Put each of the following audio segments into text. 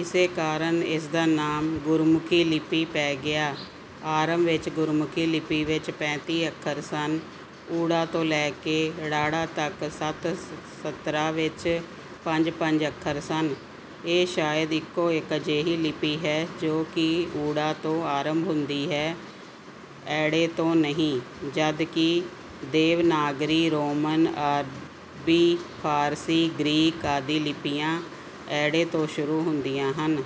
ਇਸੇ ਕਾਰਨ ਇਸ ਦਾ ਨਾਮ ਗੁਰਮੁਖੀ ਲਿਪੀ ਪੈ ਗਿਆ। ਅਰੰਭ ਵਿੱਚ ਗੁਰਮੁਖੀ ਲਿਪੀ ਵਿੱਚ ਪੈਂਤੀ ਅੱਖਰ ਸਨ। 'ੳ' ਤੋਂ ਲੈ ਕੇ 'ੜ' ਤੱਕ ਸੱਤ ਸਤਰਾਂ ਵਿੱਚ ਪੰਜ-ਪੰਜ ਅੱਖਰ ਸਨ। ਇਹ ਸ਼ਾਇਦ ਇੱਕੋ-ਇੱਕ ਅਜਿਹੀ ਲਿਪੀ ਹੈ, ਜੋ ਕਿ 'ੳ' ਤੋਂ ਅਰੰਭ ਹੁੰਦੀ ਹੈ 'ਅ' ਤੋਂ ਨਹੀਂ ਜਦ ਕਿ ਦੇਵਨਾਗਰੀ, ਰੋਮਨ, ਅਰਬੀ-ਫ਼ਾਰਸੀ, ਗ੍ਰੀਕ ਆਦਿ ਲਿਪੀਆਂ 'ਅ' ਤੋਂ ਸ਼ੁਰੂ ਹੁੰਦੀਆਂ ਹਨ।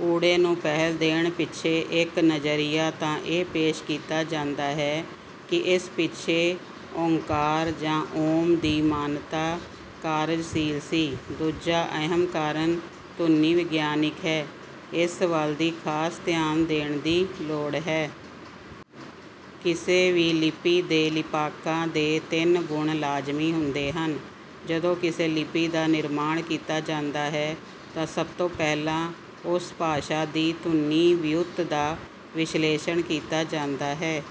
'ਊੜੇ' ਨੂੰ ਪਹਿਲ ਦੇਣ ਪਿੱਛੇ ਇੱਕ ਨਜ਼ਰੀਆ ਤਾਂ ਇਹ ਪੇਸ਼ ਕੀਤਾ ਜਾਂਦਾ ਹੈ ਕਿ ਇਸ ਪਿੱਛੇ 'ਓਅੰਕਾਰ' ਜਾਂ 'ਓਮ' ਦੀ ਮਾਨਤਾ ਕਾਰਜਸ਼ੀਲ ਸੀ। ਦੂਜਾ ਅਹਿਮ ਕਾਰਨ ਧੁਨੀ-ਵਿਗਿਆਨਿਕ ਹੈ। ਇਸ ਵੱਲ ਵੀ ਖ਼ਾਸ ਧਿਆਨ ਦੇਣ ਦੀ ਲੋੜ ਹੈ। ਕਿਸੇ ਵੀ ਲਿਪੀ ਦੇ ਲਿਪਾਂਕਾਂ ਦੇ ਤਿੰਨ ਗੁਣ ਲਾਜ਼ਮੀ ਹੁੰਦੇ ਹਨ: ਜਦੋਂ ਕਿਸੇ ਲਿਪੀ ਦਾ ਨਿਰਮਾਣ ਕੀਤਾ ਜਾਂਦਾ ਹੈ ਤਾਂ ਸਭ ਤੋਂ ਪਹਿਲਾਂ ਉਸ ਭਾਸ਼ਾ ਦੀ ਧੁਨੀ ਵਿਉਂਤ ਦਾ ਵਿਸ਼ਲੇਸ਼ਣ ਕੀਤਾ ਜਾਂਦਾ ਹੈ।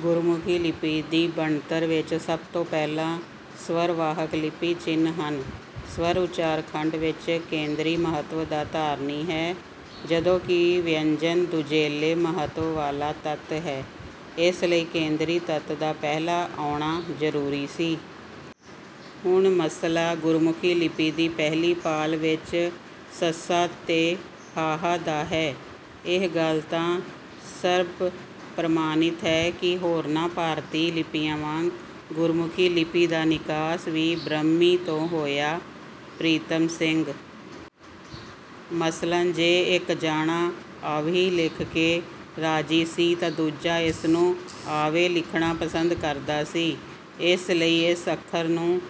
ਗੁਰਮੁਖੀ ਲਿਪੀ ਦੀ ਬਣਤਰ ਵਿੱਚ ਸਭ ਤੋਂ ਪਹਿਲਾਂ ਸ੍ਵਰ ਵਾਹਕ ਲਿਪੀ ਚਿੰਨ੍ਹ ਹਨ। ਸ੍ਵਰ ਉਚਾਰ-ਖੰਡ ਵਿੱਚ ਕੇਂਦਰੀ ਮਹੱਤਵ ਦਾ ਧਾਰਨੀ ਹੈ, ਜਦੋਂ ਕਿ ਵਿਅੰਜਨ ਦੁਜੈਲੇ ਮਹੱਤਵ ਵਾਲਾ ਤੱਤ ਹੈ। ਇਸ ਲਈ ਕੇਂਦਰੀ ਤੱਤ ਦਾ ਪਹਿਲਾਂ ਆਉਣਾ ਜ਼ਰੂਰੀ ਸੀ। ਹੁਣ ਮਸਲਾ ਗੁਰਮੁਖੀ ਲਿਪੀ ਦੀ ਪਹਿਲੀ ਪਾਲ ਵਿੱਚ 'ਸ' ਤੇ 'ਹ' ਦਾ ਹੈ। ਇਹ ਗੱਲ ਤਾਂ ਸਰਬਪ੍ਰਵਾਨਿਤ ਹੈ ਕਿ ਹੋਰਨਾਂ ਭਾਰਤੀ ਲਿਪੀਆਂ ਵਾਂਗ ਗੁਰਮੁਖੀ ਲਿਪੀ ਦਾ ਨਿਕਾਸ ਵੀ 'ਬ੍ਰਹਮੀ' ਤੋਂ ਹੋਇਆ। ਪ੍ਰੀਤਮ ਸਿੰਘ ਮਸਲਨ ਜੇ ਇੱਕ ਜਾਣਾ 'ਅਵਹਿ' ਲਿਖ ਕੇ ਰਾਜ਼ੀ ਸੀ, ਤਾਂ ਦੂਜਾ ਇਸ ਨੂੰ 'ਆਵੈ' ਲਿਖਣਾ ਪਸੰਦ ਕਰਦਾ ਸੀ। ਇਸ ਲਈ ਇਸ ਅੱਖਰ ਨੂੰ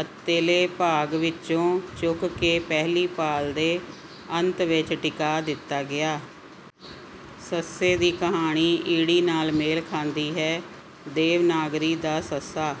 ਅੰਤਲੇ ਭਾਗ ਵਿੱਚੋਂ ਚੁੱਕ ਕੇ ਪਹਿਲੀ ਪਾਲ ਦੇ ਅੰਤ ਵਿੱਚ ਟਿਕਾ ਦਿੱਤਾ ਗਿਆ। 'ਸੱਸੇ' ਦੀ ਕਹਾਣੀ ਈੜੀ ਨਾਲ ਮੇਲ ਖਾਂਦੀ ਹੈ। ਦੇਵਨਾਗਰੀ ਦਾ 'ਸ'